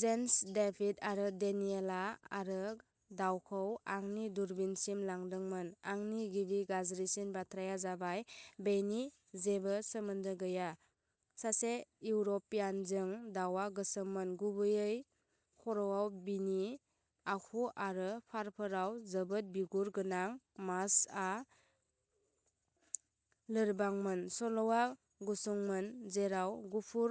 Gents, David आरो डेनियेलआ आरो दाउखौ आंनि दूरबीनसिम लांदोंमोन, आंनि गिबि गाज्रिसिन बाथ्राया जाबायः बेनि जेबो सोमोन्दो गैया सासे इउर'पियानजों दावआ गोसोममोन, गुबैयै खर'आव, बिनि आखु आरो फारफोराव जोबोद बिगुर गोनां, मास्कआ लोरबांमोन, सल'आ गुसुंमोन जेराव गुफुर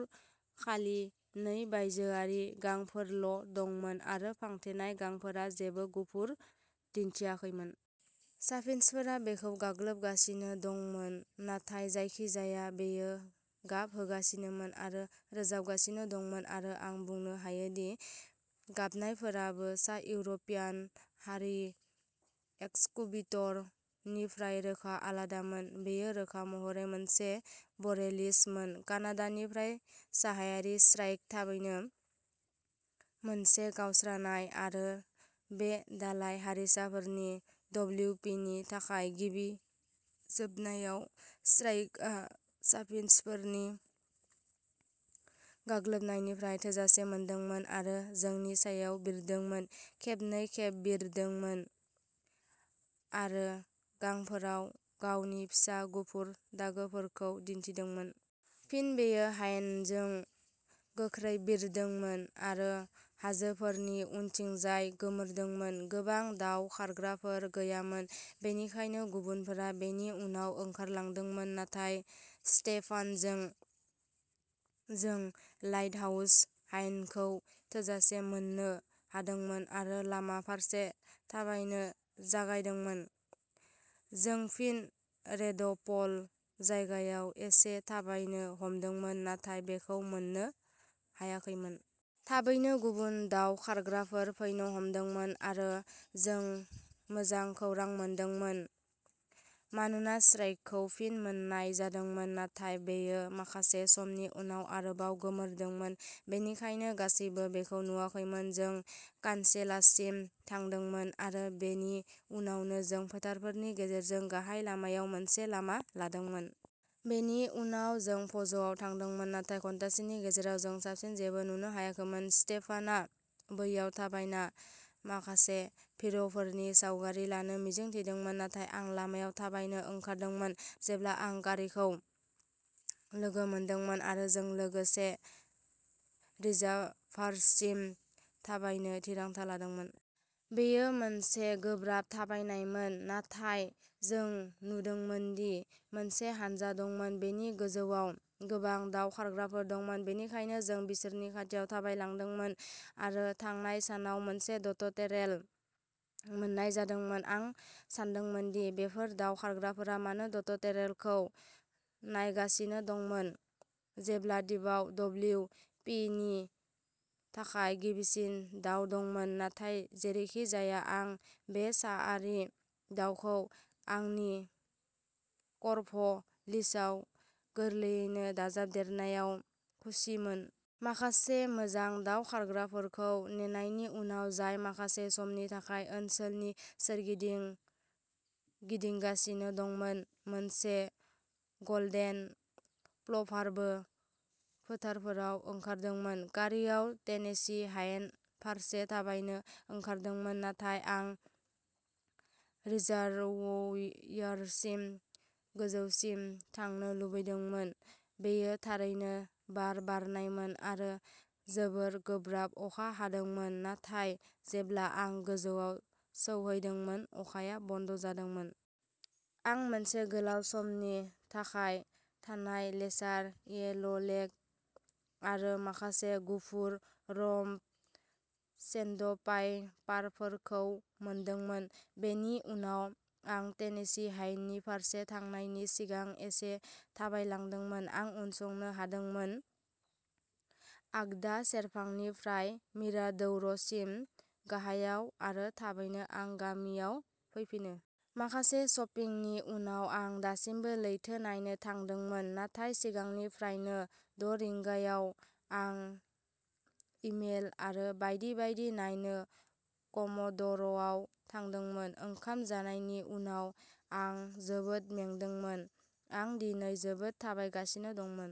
खालि नै बायजोआरि गांफोरल' दंमोन आरो फांथेनाय गांफोरा जेबो गुफुर दिन्थियाखैमोन। चाफिन्चफोरा बेखौ गाग्लोबगासिनो दंमोन नाथाय जायखिजाया बेयो गाब होगासिनोमोन आरो रोजाबगासिनो दंमोन आरो आं बुंनो हायोदि गाबनायफोराबो सा-इउर'पियान हारि एक्सकुबिटर निफ्राय रोखा आलादामोन। बेयो रोखा महरै मोनसे बरेलिस मोन कानाडानिफ्राय साहायारि श्राइक-थाबैनो मोनसे गावस्रानाय आरो बे दालाय हारिसाफोरनि डब्लिउपिनि थाखाय गिबि जोबनायाव श्राइकआ चाफिन्चफोरनि गाग्लोबनायनिफ्राय थोजासे मोनदोंमोन आरो जोंनि सायाव बिरदोंमोन, खेबनै-खेब बिरदोंमोन आरो गांफोराव गावनि फिसा गुफुर दागोफोरखौ दिन्थिदोंमोन। फिन बेयो हायेनजों गोख्रै बिरदोंमोन आरो हाजोफोरनि उनथिंजाय गोमोरदोंमोन। गोबां दाउ खारग्राफोर गैयामोन, बेनिखायनो गुबुनफोरा बेनि उनाव ओंखारलांदोंमोन, नाथाय स्टेफानजों जों लाइटहाउस हायेनखौ थोजासे मोननो हादोंमोन आरो लामा फारसे थाबायनो जागायदोंमोन। जों फिन रेडपल जायगायाव एसे थाबायनो हमदोंमोन, नाथाय बेखौ मोननो हायाखैमोन। थाबैनो गुबुन दाउ खारग्राफोर फैनो हमदोंमोन आरो जों मोजां खौरां मोनदोंमोन मानोना श्राइकखौ फिन मोन्नाय जादोंमोन। नाथाय बेयो माखासे समनि उनाव आरोबाव गोमोरदोंमोन, बेनिखायनो गासैबो बेखौ नुवाखैमोन। जों कानसेलाससिम थांदोंमोन आरो बेनि उनावनो जों फोथारफोरनि गेजेरजों गाहाय लामायाव मोनसे लामा लादोंमोन। बेनि उनाव जों फ'ज'आव थांदोंमोन, नाथाय घन्टासेनि गेजेराव जों साबसिन जेबो नुनो हायाखैमोन। स्टेफानआ बैयाव थाबायना माखासे भिर'फोरनि सावगारि लानो मिजिं थिदोंमोन, नाथाय आं लामायाव थाबायनो ओंखारदोंमोन, जेब्ला आं गारीखौ लोगो मोनदोंमोन आरो जों लोगोसे रिजार्भारसिम थाबायनो थिरांथा लादोंमोन। बेयो मोनसे गोब्राब थाबायनायमोन, नाथाय जों नुदोंमोन दि मोनसे हानजा दंमोन। जोंनि गोजौआव गोबां दाव खारग्राफोर दंमोन, बेनिखायनो जों बिसोरनि खाथियाव थाबायलांदोंमोन आरो थांनाय सानाव मोनसे ड'टटेरेल मोन्नाय जादोंमोन। आं सानदोंमोन दि बेफोर दाव खारग्राफोरा मानो ड'टटेरेलखौ नायगासिनो दंमोन, जेब्ला द्वीपआव डब्लिउ पि नि थाखाय गिबिसिन दाव दंमोन, नाथाय जेरैखिजाया आं बे साआरि दाउखौ आंनि क'र्भ'- लिस्टआव गोरलैयैनो दाजाबदेरनायाव खुसिमोन। माखासे मोजां दाव खारग्राफोरखौ नेनायनि उनाव, जाय माखासे समनि थाखाय ओनसोलनि सोरगिदिं गिदिंगासिनो दंमोन, मोनसे गल्डेन प्लभारबो फोथारफोराव ओंखारदोंमोन। कारीआ टेनेसी हायेन फारसे थाबायनो ओंखारदोंमोन, नाथाय आं रिजार्वयारसिम गोजौसिम थांनो लुबैदोंमोन। बेयो थारैनो बार बारनायमोन आरो जोबोद गोब्राब अखा हादोंमोन, नाथाय जेब्ला आं गोजौआव सौहैदोंमोन, अखाया बन्द'जादोंमोन। आं मोनसे गोलाव समनि थाखाय थानाय लेसार येल'लेग आरो माखासे गुफुर-रम्प सेन्डपाइपारफोरखौ मोनदोंमोन। बेनि उनाव आं टेनेसी हायेननि फारसे थांनायनि सिगां एसे थाबायलांदोंमोन। आं उनसंनो हादोंमोन। आगदा सेरफांनिफ्राय मिराडौर'सिम गाहायाव आरो थाबैनो आं गामियाव फैफिनो। माखासे शपिंनि उनाव आं दासिमबो लैथो नायनो थांदोंमोन, नाथाय सिगांनिफ्रायनो द' रिंगायाव। आं इमेल आरो बायदि बायदि नायनो कम'ड'र'आव थांदोंमोन। ओंखाम जानायनि उनाव आं जोबोद मेंदोंमोन, आं दिनै जोबोद थाबायगासिनो दंमोन।